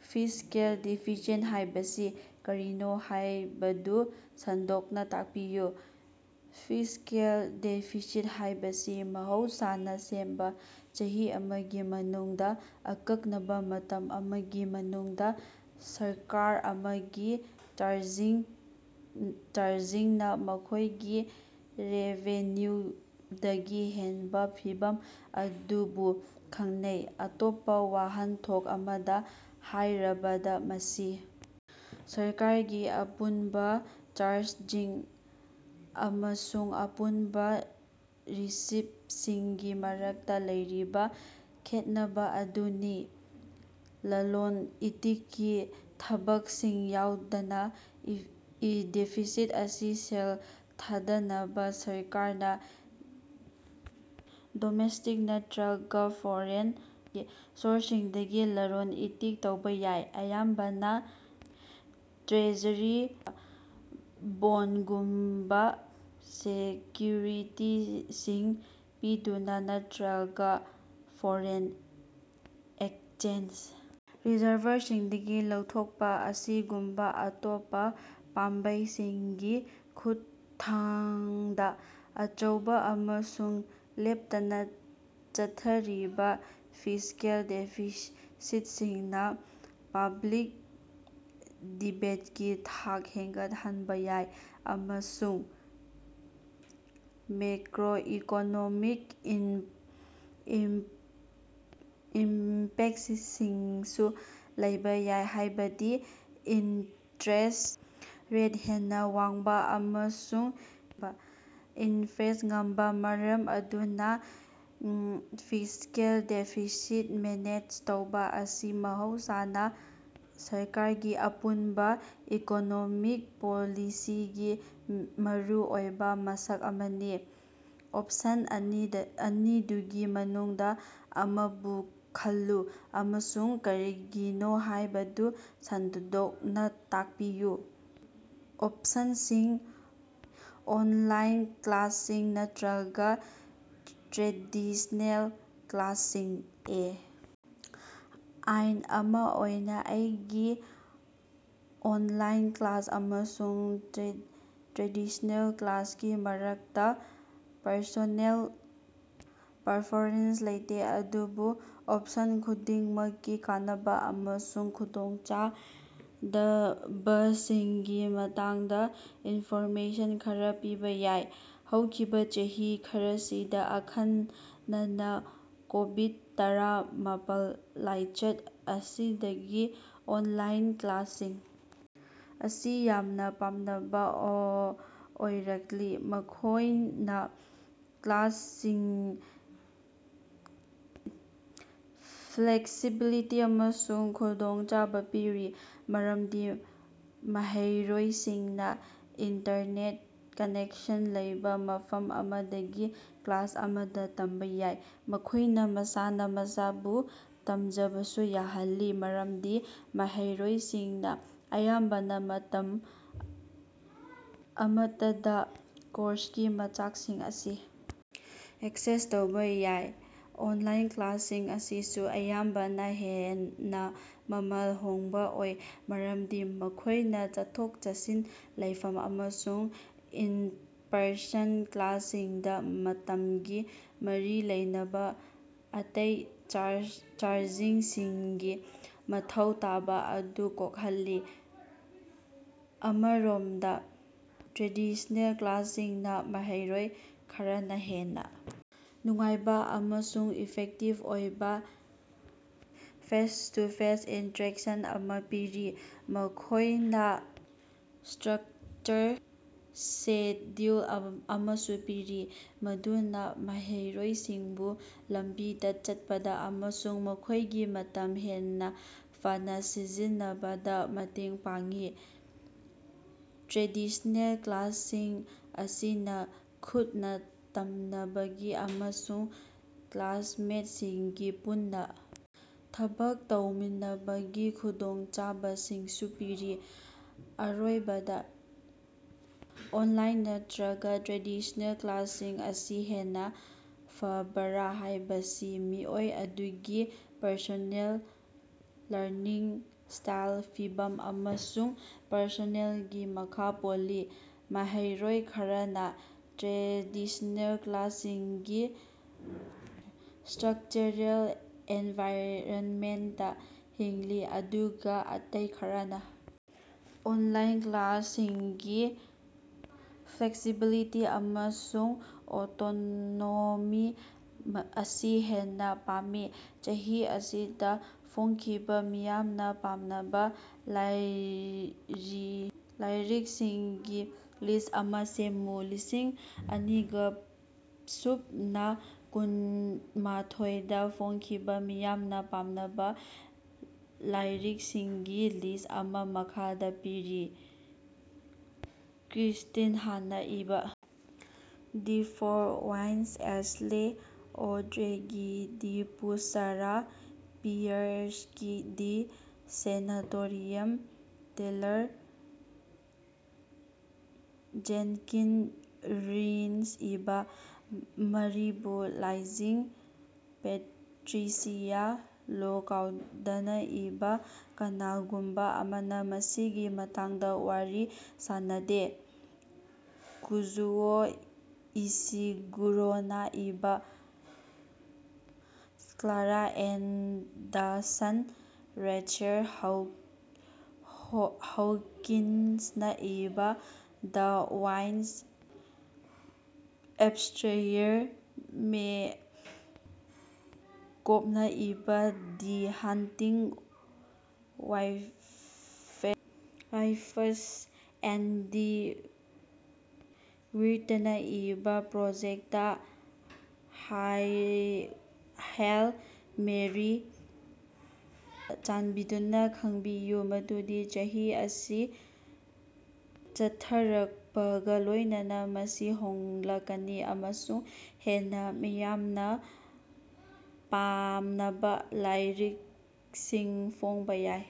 Fiscal deficit ꯍꯥꯏꯕꯁꯤ ꯀꯔꯤꯅꯣ ꯍꯥꯏꯕꯗꯨ ꯁꯟꯗꯣꯛꯅꯥ ꯇꯥꯛꯄꯤꯌꯨ꯫ ꯐꯤꯁ꯭ꯀꯦꯜ ꯗꯦꯐꯤꯁꯤꯠ ꯍꯥꯏꯕꯁꯤ ꯃꯍꯧꯁꯥꯅꯥ ꯁꯦꯝꯕꯥ ꯆꯍꯤ ꯑꯃꯒꯤ ꯃꯅꯨꯡꯗꯥ ꯑꯀꯛꯅꯕꯥ ꯃꯇꯝ ꯑꯃꯒꯤ ꯃꯅꯨꯡꯗꯥ ꯁꯔꯀꯥꯔ ꯑꯃꯒꯤ ꯆꯥꯔꯖꯤꯡꯅꯥ ꯃꯈꯣꯢꯒꯤ ꯔꯦꯚꯦꯅꯌꯨꯗꯒꯤ ꯍꯦꯟꯕꯥ ꯐꯤꯚꯝ ꯑꯗꯨꯕꯨ ꯈꯪꯅꯩ꯫ ꯑꯇꯣꯞꯄꯥ ꯋꯥꯍꯟꯊꯣꯛ ꯑꯃꯗꯥ ꯍꯥꯏꯔꯕꯗꯥ, ꯃꯁꯤ ꯁꯔꯀꯥꯔꯒꯤ ꯑꯄꯨꯟꯕꯥ ꯆꯥꯔꯖꯤꯡ ꯑꯃꯁꯨꯡ ꯑꯄꯨꯟꯕꯥ ꯔꯤꯁꯤꯞꯁꯤꯡꯒꯤ ꯃꯔꯛꯇꯥ ꯂꯩꯔꯤꯕꯥ ꯈꯦꯠꯅꯕꯥ ꯑꯗꯨꯅꯤ, ꯂꯂꯣꯟ-ꯏꯇꯤꯛꯀꯤ ꯊꯕꯛꯁꯤꯡ ꯌꯥꯎꯗꯅꯥ꯫ ꯗꯦꯐꯤꯁꯤꯠ ꯑꯁꯤ ꯁꯦꯜ ꯊꯥꯗꯅꯕꯥ ꯁꯔꯀꯥꯔꯅꯥ ꯗꯣꯃꯦꯁ꯭ꯇꯤꯛ ꯅꯠꯇꯔꯒꯥ ꯐꯣꯔꯦꯟ ꯁꯣꯔꯁꯁꯤꯡꯗꯒꯤ ꯂꯂꯣꯟ-ꯏꯇꯤꯛ ꯇꯧꯕꯥ ꯌꯥꯏ, ꯑꯌꯥꯝꯕꯅꯥ ꯇ꯭ꯔꯦꯖꯔꯤ ꯕꯣꯟꯗꯒꯨꯝꯕꯥ ꯁꯦꯀꯌꯨꯔꯤꯇꯤꯁꯤꯡ ꯄꯤꯗꯨꯅꯥ ꯅꯠꯇꯔꯒꯥ ꯐꯣꯔꯦꯟ ꯑꯦꯛꯆꯦꯟꯖ ꯔꯤꯖꯔꯚꯔꯁꯤꯡꯗꯒꯤ ꯂꯧꯊꯣꯛꯄꯥ ꯑꯁꯤꯒꯨꯝꯕꯥ ꯑꯇꯣꯞꯄꯥ ꯄꯥꯝꯕꯩꯁꯤꯡꯒꯤ ꯈꯨꯠꯊꯥꯡꯗꯥ꯫ ꯑꯆꯧꯕꯥ ꯑꯃꯁꯨꯡ ꯂꯦꯞꯇꯅꯥ ꯆꯠꯊꯔꯤꯕꯥ ꯐꯤꯁ꯭ꯀꯦꯜ ꯗꯦꯐꯤꯁꯤꯠꯁꯤꯡꯅꯥ ꯄꯕ꯭ꯂꯤꯛ ꯗꯦꯕꯠꯀꯤ ꯊꯥꯛ ꯍꯦꯒꯠꯍꯟꯕꯥ ꯌꯥꯏ ꯑꯃꯁꯨꯡ ꯃꯦꯀꯔꯣ-ꯏꯀꯣꯅꯣꯃꯤꯛ ꯏꯝꯄꯦꯛꯇꯁꯤꯡꯁꯨ ꯂꯩꯕꯥ ꯌꯥꯏ, ꯍꯥꯏꯕꯗꯤ ꯏꯟꯇꯔꯦꯁ ꯔꯦꯠ ꯍꯦꯟꯅꯥ ꯋꯥꯡꯕꯥ ꯑꯃꯁꯨꯡ ꯏꯟꯐ꯭ꯂꯦꯁꯉꯨꯝꯕꯥ꯫ ꯃꯔꯝ ꯑꯗꯨꯅꯥ ꯐꯤꯁ꯭ꯀꯦꯜ ꯗꯦꯐꯤꯁꯤꯠ ꯃꯦꯅꯦꯖ ꯇꯧꯕꯥ ꯑꯁꯤ ꯃꯍꯧꯁꯥꯅꯥ ꯁꯔꯀꯥꯔꯒꯤ ꯑꯄꯨꯟꯕꯥ ꯏꯀꯣꯅꯣꯃꯤꯛ ꯄꯣꯂꯤꯁꯤꯒꯤ ꯃꯔꯨꯑꯣꯏꯕꯥ ꯃꯁꯛ ꯑꯃꯅꯤ꯫ ꯑꯣꯞꯁꯟ ꯑꯅꯤꯗꯨꯒꯤ ꯃꯅꯨꯡꯗꯥ ꯑꯃꯕꯨ ꯈꯜꯂꯨ ꯑꯃꯁꯨꯡ ꯀꯔꯤꯒꯤꯅꯣ ꯍꯥꯏꯕꯗꯨ ꯁꯟꯗꯣꯛꯅꯥ ꯇꯥꯛꯄꯤꯌꯨ꯫ ꯑꯣꯄꯁꯟꯁꯤꯡ: ꯑꯣꯟꯂꯥꯏꯟ ꯀ꯭ꯂꯥꯁꯁꯤꯡ ꯅꯠꯇꯔꯒꯥ ꯇ꯭ꯔꯦꯗꯤꯁꯅꯦꯜ ꯀ꯭ꯂꯥꯁꯁꯤꯡ꯫ ꯑꯦ. ꯑꯥꯏ. ꯑꯃꯥ ꯑꯣꯏꯅꯥ ꯑꯩꯒꯤ ꯑꯣꯟꯂꯥꯏꯟ ꯀ꯭ꯂꯥꯁ ꯑꯃꯁꯨꯡ ꯇ꯭ꯔꯦꯗꯤꯁ꯭ꯅꯦꯜ ꯀ꯭ꯂꯥꯁꯀꯤ ꯃꯔꯛꯇꯥ ꯄꯔꯁꯣꯅꯦꯜ ꯄꯔꯐꯣꯔꯦꯟꯁ ꯂꯩꯇꯦ, ꯑꯗꯨꯕꯨ ꯑꯣꯞꯁꯟ ꯈꯨꯗꯤꯡꯃꯛꯀꯤ ꯀꯥꯟꯅꯕꯥ ꯑꯃꯁꯨꯡ ꯈꯨꯗꯣꯡꯆꯥꯗꯕꯁꯤꯡꯒꯤ ꯃꯇꯥꯡꯗꯥ ꯏꯟꯐꯣꯔꯃꯦꯁꯟ ꯈꯔꯥ ꯄꯤꯕꯥ ꯌꯥꯏ꯫ ꯍꯧꯈꯤꯕꯥ ꯆꯍꯤ ꯈꯔꯁꯤꯗꯥ ꯑꯈꯟꯅꯅꯥ ꯀꯣꯕꯤꯠ-ꯇꯔꯥꯃꯥꯄꯜ ꯂꯥꯏꯆꯠ ꯑꯁꯤꯗꯒꯤ ꯑꯣꯟꯂꯥꯏꯟ ꯀ꯭ꯂꯥꯁꯁꯤꯡ ꯑꯁꯤ ꯌꯥꯝꯅꯥ ꯄꯥꯝꯅꯕꯥ ꯑꯣꯏꯔꯛꯂꯤ꯫ ꯃꯈꯣꯌꯅꯥ ꯐ꯭ꯂꯦꯛꯁꯤꯕꯤꯂꯤꯇꯤ ꯑꯃꯁꯨꯡ ꯈꯨꯗꯣꯡꯆꯥꯕꯥ ꯄꯤꯔꯤ, ꯃꯔꯝꯗꯤ ꯃꯍꯩꯔꯣꯏꯁꯤꯡꯅꯥ ꯏꯟꯇꯔꯅꯦꯠ ꯀꯅꯦꯛꯁꯟ ꯂꯩꯕꯥ ꯃꯐꯝ ꯑꯃꯗꯒꯤ ꯀ꯭ꯂꯥꯁ ꯑꯃꯗꯥ ꯇꯝꯕꯥ ꯌꯥꯏ꯫ ꯃꯈꯣꯏꯅꯥ ꯃꯁꯥꯅꯥ ꯃꯁꯥꯕꯨ ꯇꯝꯖꯕꯁꯨ ꯌꯥꯍꯜꯂꯤ, ꯃꯔꯝꯗꯤ ꯃꯍꯩꯔꯣꯏꯁꯤꯡꯅꯥ ꯑꯌꯥꯝꯕꯅꯥ ꯃꯇꯝ ꯑꯃꯠꯇꯗꯥ ꯀꯣꯔꯁꯀꯤ ꯃꯆꯥꯛꯁꯤꯡ ꯑꯁꯤ ꯑꯦꯛꯁꯦꯁ ꯇꯧꯕꯥ ꯌꯥꯏ꯫ ꯑꯣꯟꯂꯥꯏꯟ ꯀ꯭ꯂꯥꯁꯁꯤꯡ ꯑꯁꯤꯁꯨ ꯑꯌꯥꯝꯕꯅꯥ ꯍꯦꯟꯅꯥ ꯃꯃꯜ ꯍꯣꯡꯕꯥ ꯑꯣꯏ, ꯃꯔꯝꯗꯤ ꯃꯈꯣꯏꯅꯥ ꯆꯠꯊꯣꯛ-ꯆꯠꯁꯤꯟ, ꯂꯩꯐꯝ ꯑꯃꯁꯨꯡ ꯏꯟ-ꯄꯔꯁꯟ ꯀ꯭ꯂꯥꯁꯁꯤꯡꯗꯥ ꯇꯝꯕꯒꯥ ꯃꯔꯤ ꯂꯩꯅꯕꯥ ꯑꯇꯩ ꯆꯥꯔꯖꯤꯡꯁꯤꯡꯒꯤ ꯃꯊꯧ ꯇꯥꯕꯥ ꯑꯗꯨ ꯀꯣꯛꯍꯜꯂꯤ꯫ ꯑꯃꯔꯣꯝꯗꯥ, ꯇ꯭ꯔꯦꯗꯤꯁ꯭ꯅꯦꯜ ꯀ꯭ꯂꯥꯁꯁꯤꯡꯅꯥ ꯃꯍꯩꯔꯣꯏ ꯈꯔꯅꯥ ꯍꯦꯟꯅꯥ ꯅꯨꯡꯉꯥꯏꯕꯥ ꯑꯃꯁꯨꯡ ꯏꯐꯦꯛꯇꯤꯞ ꯑꯣꯏꯕꯥ ꯐꯦꯁ-ꯇꯨ-ꯐꯦꯁ ꯏꯟꯇꯔꯦꯛꯁꯟ ꯑꯃꯥ ꯄꯤꯔꯤ꯫ ꯃꯈꯣꯏꯅꯥ ꯁ꯭ꯇꯔꯛꯆꯔꯦꯜ ꯁꯦꯗ꯭ꯌꯨꯜ ꯑꯃꯁꯨ ꯄꯤꯔꯤ, ꯃꯗꯨꯅꯥ ꯃꯍꯩꯔꯣꯏꯁꯤꯡꯕꯨ ꯂꯝꯕꯤꯗꯥ ꯆꯠꯄꯗꯥ ꯑꯃꯁꯨꯡ ꯃꯈꯣꯏꯒꯤ ꯃꯇꯝ ꯍꯦꯟꯅꯥ ꯐꯅꯥ ꯁꯤꯖꯤꯟꯅꯕꯗꯥ ꯃꯇꯦꯡ ꯄꯥꯡꯏ꯫ ꯇ꯭ꯔꯦꯗꯤꯁꯅꯦꯜ ꯀ꯭ꯂꯥꯁꯁꯤꯡ ꯑꯁꯤꯅꯥ ꯈꯨꯠꯅꯥ ꯇꯝꯅꯕꯒꯤ ꯑꯃꯁꯨꯡ ꯀ꯭ꯂꯥꯁꯃꯦꯠꯁꯤꯡꯒꯥ ꯄꯨꯟꯅꯥ ꯊꯕꯛ ꯇꯧꯃꯤꯟꯅꯕꯒꯤ ꯈꯨꯗꯣꯡꯆꯥꯕꯁꯤꯡꯁꯨ ꯄꯤꯔꯤ꯫ ꯑꯔꯣꯏꯕꯗꯥ, ꯑꯣꯅꯂꯥꯏꯟ ꯅꯠꯇꯔꯒꯥ ꯇ꯭ꯔꯦꯗꯤꯁꯅꯦꯜ ꯀ꯭ꯂꯥꯁꯁꯤꯡ ꯑꯁꯤ ꯍꯦꯟꯅꯥ ꯐꯕꯔꯥ ꯍꯥꯏꯕꯁꯤ ꯃꯤꯑꯣꯏ ꯑꯗꯨꯒꯤ ꯄꯔꯁꯣꯅꯦꯜ ꯂꯔꯅꯤꯡ ꯁ꯭ꯇꯥꯏꯜ, ꯐꯤꯚꯝ ꯑꯃꯁꯨꯡ ꯄꯔꯁꯟꯗꯨꯒꯤ ꯃꯈꯥ ꯄꯣꯜꯂꯤ꯫ ꯃꯍꯩꯔꯣꯏ ꯈꯔꯅꯥ ꯇ꯭ꯔꯦꯗꯤꯁ꯭ꯅꯦꯜ ꯀ꯭ꯂꯥꯁꯁꯤꯡꯒꯤ ꯁ꯭ꯠꯔꯛꯆꯔꯦꯜ ꯑꯦꯟꯚꯥꯏꯔꯟꯃꯦꯟꯇꯇꯥ ꯍꯤꯡꯂꯤ, ꯑꯗꯨꯒꯥ ꯑꯇꯩ ꯈꯔꯅꯥ ꯑꯣꯟꯂꯥꯏꯟ ꯀ꯭ꯂꯥꯁꯁꯤꯡꯒꯤ ꯐ꯭ꯂꯦꯛꯁꯤꯕꯤꯂꯤꯇꯤ ꯑꯃꯁꯨꯡ ꯑꯣꯇꯣꯅꯣꯃꯤ ꯑꯁꯤ ꯍꯦꯟꯅꯥ ꯄꯥꯝꯃꯤ꯫ ꯆꯍꯤ ꯑꯁꯤꯗꯥ ꯐꯣꯡꯈꯤꯕꯥ ꯃꯤꯌꯥꯝꯅꯥ ꯄꯥꯝꯅꯕꯥ ꯂꯥꯏꯔꯤꯀꯁꯤꯡꯒꯤ ꯂꯤꯁ꯭ꯠ ꯑꯃꯥ ꯁꯦꯝꯃꯨ꯫ ꯂꯤꯁꯤꯡ ꯑꯅꯤꯒ ꯁꯨꯞꯅ ꯀꯨꯟꯃꯥꯊꯣꯏ ꯗꯥ ꯐꯣꯡꯈꯤꯕꯥ ꯃꯤꯌꯥꯝꯅꯥ ꯄꯥꯝꯅꯕꯥ ꯂꯥꯏꯔꯤꯛꯁꯤꯡꯒꯤ ꯂꯤꯁ꯭ꯠ ꯑꯃꯥ ꯃꯈꯥꯗꯥ ꯄꯤꯔꯤ: ꯀ꯭ꯔꯤꯁ꯭ꯇꯤꯟ ꯍꯥꯟꯅꯥ ꯏꯕꯥ "The Four Winds" Ashley Audrain ꯒꯤ"ꯗꯤ ꯄꯨꯁ" ꯁꯥꯔꯥ ꯄꯤꯌꯥꯔꯁꯀꯤ "ꯗꯤ ꯁꯦꯅꯥꯇꯣꯔꯤꯌꯝ" ꯇꯦꯂꯔ ꯖꯦꯅꯀꯤꯟ ꯔꯤꯟꯗ ꯏꯕꯥ "ꯃꯥꯂꯤꯕꯨ ꯔꯥꯏꯖꯤꯡ"꯫ ꯄꯦꯇꯔꯤꯁꯤꯌꯥ ꯂꯣꯀꯎꯗꯅꯥ ꯏꯕꯥ "ꯀꯅꯥꯒꯨꯝꯕꯥ ꯑꯃꯅꯥ ꯃꯁꯤꯒꯤ ꯃꯇꯥꯡꯗꯥ ꯋꯥꯔꯤ ꯁꯥꯅꯗꯦ" ꯀꯥꯖꯨꯑꯣ ꯏꯁꯤꯒꯨꯔꯣꯅꯥ ꯏꯕꯥ "Klara and the Sun" Rachel ꯍꯧꯀꯤꯟꯁꯅꯥ ꯏꯕꯥ "ꯗ ꯋꯥꯏꯐ ꯑꯞꯁ꯭ꯇꯦꯌꯥꯔ" ꯃꯦ ꯀꯣꯕꯅꯥ ꯏꯕꯥ "ꯗꯤ ꯍꯟꯇꯤꯡ ꯋꯥꯏꯐꯁ" ꯑꯦꯟꯗꯤ ꯋꯤꯔꯇꯅ ꯏꯕ "ꯄ꯭ꯔꯣꯖꯦꯛꯇ ꯍꯥꯏꯜ ꯃꯦꯔꯤ꯫ ꯆꯥꯟꯕꯤꯗꯨꯅꯥ ꯈꯪꯕꯤꯌꯨ ꯃꯗꯨꯗꯤ ꯆꯍꯤ ꯑꯁꯤ ꯆꯠꯊꯔꯛꯄꯒꯥ ꯂꯣꯏꯅꯅꯥ ꯃꯁꯤ ꯍꯣꯡꯂꯛꯀꯅꯤ ꯑꯃꯁꯨꯡ ꯍꯦꯟꯅꯥ ꯃꯤꯌꯥꯝꯅꯥ ꯄꯥꯝꯅꯕꯥ ꯂꯥꯏꯔꯤꯛꯁꯤꯡ ꯐꯣꯡꯕꯥ ꯌꯥꯏ꯫।